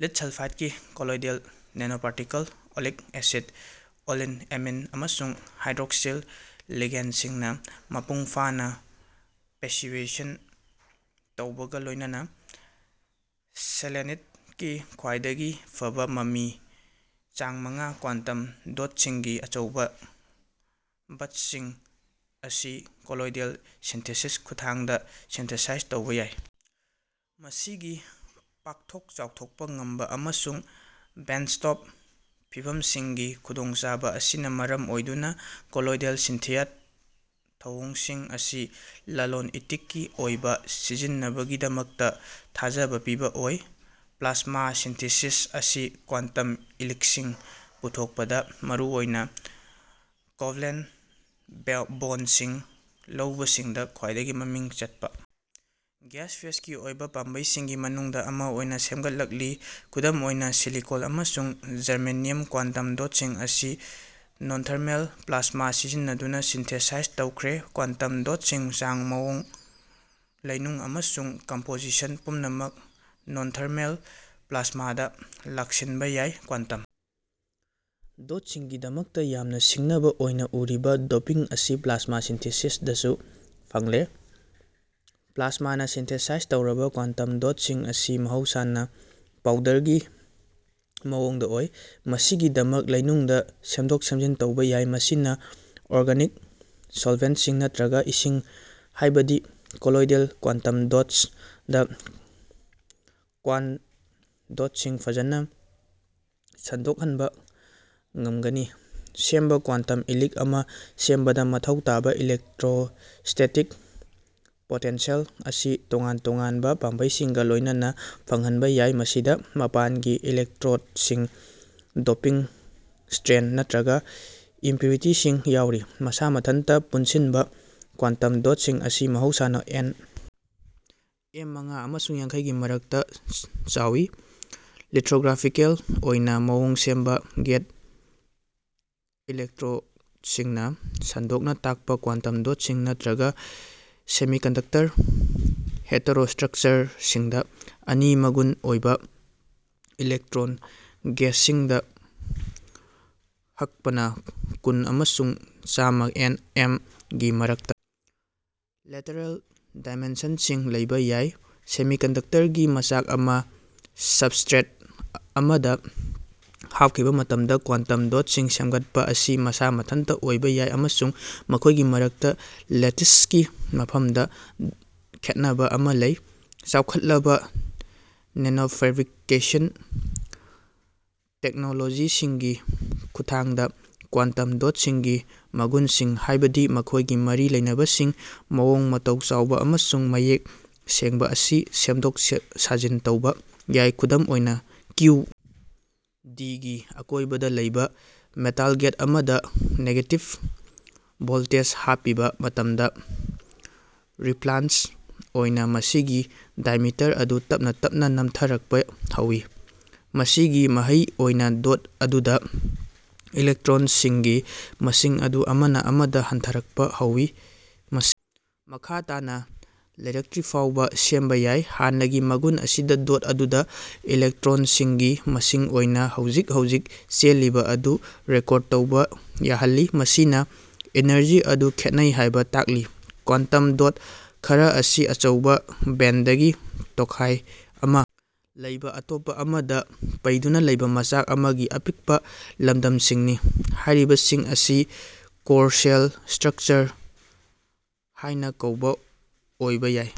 Lead ꯁꯜꯐꯥꯏꯗꯀꯤ colloidal nanoparticle (oleic acid, oleyl amine, ꯑꯃꯁꯨꯡ hydroxyl ꯂꯤꯒꯦꯟꯗꯁꯤꯡꯅ ꯃꯄꯨꯡꯐꯥꯅ ꯄꯥꯁꯤꯚꯦꯁꯟ ꯇꯧꯕꯒ ꯂꯣꯏꯅꯅ ꯁꯦꯂꯦꯅꯤꯗ ꯀꯤ ꯈ꯭ꯋꯥꯏꯗꯒꯤ ꯐꯕ ꯃꯃꯤ (ꯆꯥꯡ ꯃꯉꯥ) ꯀ꯭ꯋꯥꯟꯇꯝ ꯗꯣꯠꯁꯤꯡꯒꯤ ꯑꯆꯧꯕ ꯕꯆꯁꯤꯡ ꯑꯁꯤ ꯀꯣꯂꯣꯏꯗꯦꯜ ꯁꯤꯟꯊꯤꯁꯤꯁ ꯈꯨꯠꯊꯥꯡꯗ ꯁꯤꯟꯊꯤꯁꯥꯏꯖ ꯇꯧꯕ ꯌꯥꯏ꯫ ꯃꯁꯤꯒꯤ ꯄꯥꯛꯊꯣꯛ-ꯆꯥꯎꯊꯣꯛꯄ ꯉꯝꯕ ꯑꯃꯁꯨꯡ ꯕꯦꯟꯆꯇꯣꯞ ꯐꯤꯚꯝꯁꯤꯡꯒꯤ ꯈꯨꯗꯣꯡꯆꯥꯕ ꯑꯁꯤꯅ ꯃꯔꯝ ꯑꯣꯏꯗꯨꯅ ꯀꯣꯂꯣꯏꯗꯦꯜ ꯁꯤꯟꯊꯤꯌꯥꯠ ꯊꯧꯑꯣꯡꯁꯤꯡ ꯑꯁꯤ ꯂꯂꯣꯟ-ꯏꯇꯤꯛꯀꯤ ꯑꯣꯏꯕ ꯁꯤꯖꯤꯟꯅꯕꯒꯤꯗꯃꯛꯇ ꯊꯥꯖꯕ ꯄꯤꯕ ꯑꯣꯏ꯫ ꯄ꯭ꯂꯥꯁꯃꯥ ꯁꯤꯟꯊꯤꯁꯤꯁ ꯑꯁꯤ ꯀ꯭ꯋꯥꯟꯇꯝ ꯏꯂꯤꯛꯁꯤꯡ ꯄꯨꯊꯣꯛꯄꯗ ꯃꯔꯨꯑꯣꯏꯅ ꯀꯣꯚꯂꯦꯟ ꯕꯣꯟꯁꯤꯡ ꯂꯩꯕꯁꯤꯡꯗ ꯈ꯭ꯋꯥꯏꯗꯒꯤ ꯃꯃꯤꯡ ꯆꯠꯄ ꯒ꯭ꯌꯥꯁ-ꯐꯦꯁꯀꯤ ꯑꯣꯏꯕ ꯄꯥꯝꯕꯩꯁꯤꯡꯒꯤ ꯃꯅꯨꯡꯗ ꯑꯃ ꯑꯣꯏꯅ ꯁꯦꯝꯒꯠꯂꯛꯂꯤ꯫ ꯈꯨꯗꯝ ꯑꯣꯏꯅ ꯁꯤꯂꯤꯀꯣꯟ ꯑꯃꯁꯨꯡ ꯖꯔꯃꯦꯅꯤꯌꯝ ꯀ꯭ꯋꯥꯟꯇꯝ ꯗꯣꯠꯁꯤꯡ ꯑꯁꯤ ꯅꯣꯟꯊꯔꯃꯦꯜ ꯄ꯭ꯂꯥꯁꯃꯥ ꯁꯤꯖꯤꯟꯅꯗꯨꯅ ꯁꯤꯟꯊꯦꯁꯥꯏꯖ ꯇꯧꯈ꯭ꯔꯦ꯫ ꯀ꯭ꯋꯥꯟꯇꯝ ꯗꯣꯠꯁꯤꯡꯒꯤ ꯆꯥꯡ, ꯃꯑꯣꯡ, ꯂꯩꯅꯨꯡ ꯑꯃꯁꯨꯡ ꯀꯝꯄꯣꯖꯤꯁꯟ ꯄꯨꯝꯅꯃꯛ ꯅꯣꯟꯊꯔꯃꯦꯜ ꯄ꯭ꯂꯥꯁꯃꯥꯗ ꯂꯥꯛꯁꯤꯟꯕ ꯌꯥꯏ꯫ ꯀ꯭ꯋꯥꯟꯇꯝ ꯗꯣꯠꯁꯤꯡꯒꯤꯗꯃꯛꯇ ꯌꯥꯝꯅ ꯁꯤꯡꯅꯕ ꯑꯣꯏꯅ ꯎꯔꯤꯕ ꯗꯣꯄꯤꯡ ꯑꯁꯤ ꯄ꯭ꯂꯥꯁꯃꯥ ꯁꯤꯟꯊꯤꯁꯤꯁꯗꯁꯨ ꯐꯪꯂꯦ꯫ ꯄ꯭ꯂꯥꯁꯃꯥꯅ ꯁꯤꯟꯊꯦꯁꯥꯏꯖ ꯇꯧꯔꯕ ꯀ꯭ꯋꯥꯟꯇꯝ ꯗꯣꯠꯁꯤꯡ ꯑꯁꯤ ꯃꯍꯧꯁꯥꯅ ꯄꯧꯗꯔꯒꯤ ꯃꯑꯣꯡꯗ ꯑꯣꯏ, ꯃꯁꯤꯒꯤꯗꯃꯛ ꯂꯩꯅꯨꯡꯗ ꯁꯦꯝꯗꯣꯛ-ꯁꯦꯝꯖꯤꯟ ꯇꯧꯕ ꯌꯥꯏ꯫ ꯃꯁꯤꯅ ꯑꯣꯔꯒꯅꯤꯛ ꯁꯣꯜꯚꯦꯟꯠꯁꯤꯡ ꯅꯠꯇ꯭ꯔꯒ ꯏꯁꯤꯡ (ꯍꯥꯏꯕꯗꯤ ꯀꯣꯂꯣꯏꯗꯦꯜ ꯀ꯭ꯋꯥꯟꯇꯝ ꯗꯣꯠꯁ) ꯗ ꯀ꯭ꯋꯥꯟꯠꯝ ꯗꯣꯠꯁꯤꯡ ꯐꯖꯅ ꯁꯟꯗꯣꯛꯍꯟꯕ ꯉꯝꯒꯅꯤ꯫ ꯁꯦꯝꯕ ꯀ꯭ꯋꯥꯟꯇꯝ ꯏꯂꯤꯛ ꯑꯃ ꯁꯦꯝꯕꯗ ꯃꯊꯧ ꯇꯥꯕ ꯏꯂꯦꯛꯇ꯭ꯔꯣꯁ꯭ꯇꯦꯇꯤꯛ ꯄꯣꯇꯦꯟꯁꯦꯜ ꯑꯁꯤ ꯇꯣꯉꯥꯟ ꯇꯣꯉꯥꯟꯕ ꯄꯥꯝꯕꯩꯁꯤꯡꯒ ꯂꯣꯏꯅꯅ ꯐꯪꯍꯟꯕ ꯌꯥꯏ꯫ ꯃꯁꯤꯗ ꯃꯄꯥꯟꯒꯤ ꯏꯂꯦꯛꯇ꯭ꯔꯣꯗꯁꯤꯡ, ꯗꯣꯄꯤꯡ, ꯁ꯭ꯇ꯭ꯔꯦꯟ, ꯅꯠꯇ꯭ꯔꯒ ꯏꯝꯄꯨꯔꯤꯇꯤꯁꯤꯡ ꯌꯥꯎꯔꯤ꯫ ꯃꯁꯥ ꯃꯊꯟꯇ ꯄꯨꯟꯁꯤꯟꯕ ꯀ꯭ꯋꯥꯟꯇꯝ ꯗꯣꯠꯁꯤꯡ ꯑꯁꯤ ꯃꯍꯧꯁꯥꯅ ꯑꯦꯟ. ꯑꯦꯝ. ꯃꯉꯥ ꯑꯃꯁꯨꯡ ꯌꯥꯡꯈꯩ ꯒꯤ ꯃꯔꯛꯇ ꯆꯥꯎꯏ꯫ ꯂꯤꯊ꯭ꯔꯣꯒ꯭ꯔꯥꯐꯤꯀꯦꯜ ꯑꯣꯏꯅ ꯃꯑꯣꯡ ꯁꯦꯝꯕ ꯒꯦꯠ ꯏꯂꯦꯛꯇ꯭ꯔꯣꯗꯁꯤꯡꯅ ꯁꯟꯗꯣꯛꯅ ꯇꯥꯛꯄ ꯀ꯭ꯋꯥꯟꯇꯝ ꯗꯣꯠꯁꯤꯡ, ꯅꯠꯇ꯭ꯔꯒ ꯁꯦꯃꯤꯀꯟꯗꯛꯇꯔ ꯍꯦꯇꯦꯔꯣꯁ꯭ꯇ꯭ꯔꯛꯆꯔꯁꯤꯡꯗ ꯑꯅꯤ ꯃꯒꯨꯟ ꯑꯣꯏꯕ ꯏꯂꯦꯛꯇ꯭ꯔꯣꯟ ꯒꯦꯁꯁꯤꯡꯗ ꯍꯛꯄꯅ ꯀꯨꯟ ꯑꯃꯁꯨꯡ ꯆꯥꯃ ꯑꯦꯟ. ꯑꯦꯝ. ꯒꯤ ꯃꯔꯛꯇ ꯂꯦꯇꯔꯦꯜ ꯗꯥꯏꯃꯦꯟꯁꯟꯁꯤꯡ ꯂꯩꯕ ꯌꯥꯏ꯫ ꯁꯦꯃꯤꯀꯟꯗꯛꯇꯔꯒꯤ ꯃꯆꯥꯛ ꯑꯃ ꯁꯕꯁ꯭ꯇ꯭ꯔꯦꯠ ꯑꯃꯗ ꯍꯥꯞꯈꯤꯕ ꯃꯇꯝꯗ ꯀ꯭ꯋꯥꯟꯇꯝ ꯗꯣꯠꯁꯤꯡ ꯁꯦꯝꯒꯠꯄ ꯑꯁꯤ ꯃꯁꯥ ꯃꯊꯟꯇ ꯑꯣꯏꯕ ꯌꯥꯏ ꯑꯃꯁꯨꯡ ꯃꯈꯣꯏꯒꯤ ꯃꯔꯛꯇ ꯂꯦꯇꯤꯁꯀꯤ ꯃꯐꯝꯗ ꯈꯦꯠꯅꯕ ꯑꯃ ꯂꯩ꯫ ꯆꯥꯎꯈꯠꯂꯕ ꯅꯦꯅꯣꯐꯦꯕ꯭ꯔꯤꯀꯦꯁꯟ ꯇꯦꯛꯅꯣꯂꯣꯖꯤꯁꯤꯡꯒꯤ ꯈꯨꯠꯊꯥꯡꯗ ꯀ꯭ꯋꯥꯟꯇꯝ ꯗꯣꯠꯁꯤꯡꯒꯤ ꯃꯒꯨꯟꯁꯤꯡ ꯍꯥꯏꯕꯗꯤ ꯃꯈꯣꯏꯒꯤ ꯃꯔꯤ ꯂꯩꯅꯕꯁꯤꯡ ꯃꯑꯣꯡ-ꯃꯇꯧ ꯆꯥꯎꯕ ꯑꯃꯁꯨꯡ ꯃꯌꯦꯛ ꯁꯦꯡꯕ ꯑꯁꯤ ꯁꯦꯝꯗꯣꯛ ꯁꯥꯖꯤꯟ ꯇꯧꯕ ꯌꯥꯏ꯫ ꯈꯨꯗꯝ ꯑꯣꯏꯅ, ꯀ꯭ꯌꯨ. ꯗꯤ. ꯒꯤ ꯑꯀꯣꯏꯕꯗ ꯂꯩꯕ ꯃꯦꯇꯥꯜ ꯒꯦꯠ ꯑꯃꯗ ꯅꯦꯒꯦꯇꯤꯕ ꯚꯣꯜꯇꯦꯖ ꯍꯥꯞꯄꯤꯕ ꯃꯇꯝꯗ, ꯔꯤꯄ꯭ꯂꯥꯟꯁ ꯑꯣꯏꯅ, ꯃꯁꯤꯒꯤ ꯗꯥꯏꯃꯤꯇꯔ ꯑꯗꯨ ꯇꯞꯅ ꯇꯞꯅ ꯅꯝꯊꯔꯛꯄ ꯍꯧꯋꯤ꯫ ꯃꯁꯤꯒꯤ ꯃꯍꯩ ꯑꯣꯏꯅ ꯗꯣꯠ ꯑꯗꯨꯗ ꯏꯂꯦꯛꯇ꯭ꯔꯣꯟꯁꯤꯡꯒꯤ ꯃꯁꯤꯡ ꯑꯗꯨ ꯑꯃꯅ ꯑꯃꯗ ꯍꯟꯊꯔꯛꯄ ꯍꯧꯏ, ꯃꯁ ꯃꯈꯥ ꯇꯥꯅ ꯂꯩꯔꯛꯇ꯭ꯔꯤꯐꯥꯎꯕ ꯁꯦꯝꯕ ꯌꯥꯏ꯫ ꯍꯥꯟꯅꯒꯤ ꯃꯒꯨꯟ ꯑꯁꯤꯅ ꯗꯣꯠ ꯑꯗꯨꯗ ꯏꯂꯦꯛꯇ꯭ꯔꯣꯟꯁꯤꯡꯒꯤ ꯃꯁꯤꯡ ꯑꯣꯏꯅ ꯍꯧꯖꯤꯛ-ꯍꯧꯖꯤꯛ ꯆꯦꯜꯂꯤꯕ ꯑꯗꯨ ꯔꯦꯀꯣꯔ꯭ꯗ ꯇꯧꯕ ꯌꯥꯍꯜꯂꯤ, ꯃꯁꯤꯅ ꯏꯅꯔꯖꯤ ꯑꯗꯨ ꯈꯦꯠꯅꯩ ꯍꯥꯏꯕ ꯇꯥꯛꯂꯤ꯫ ꯀ꯭ꯋꯥꯟꯇꯝ ꯗꯣꯠ ꯈꯔ ꯑꯁꯤ ꯑꯆꯧꯕ ꯕꯦꯟꯗꯒꯤ ꯇꯣꯈꯥꯏ ꯑꯃ ꯂꯩꯕ ꯑꯇꯣꯞꯄ ꯑꯃꯗ ꯄꯩꯗꯨꯅ ꯂꯩꯕ ꯃꯆꯥꯛ ꯑꯃꯒꯤ ꯑꯄꯤꯛꯄ ꯂꯝꯗꯝꯁꯤꯡꯅꯤ꯫ ꯍꯥꯏꯔꯤꯕꯁꯤꯡ ꯑꯁꯤ ꯀꯣꯔ-ꯁꯦꯜ ꯁ꯭ꯇ꯭ꯔꯛꯆꯔ ꯍꯥꯏꯅ ꯀꯧꯕ ꯑꯣꯏꯕ ꯌꯥꯏ꯫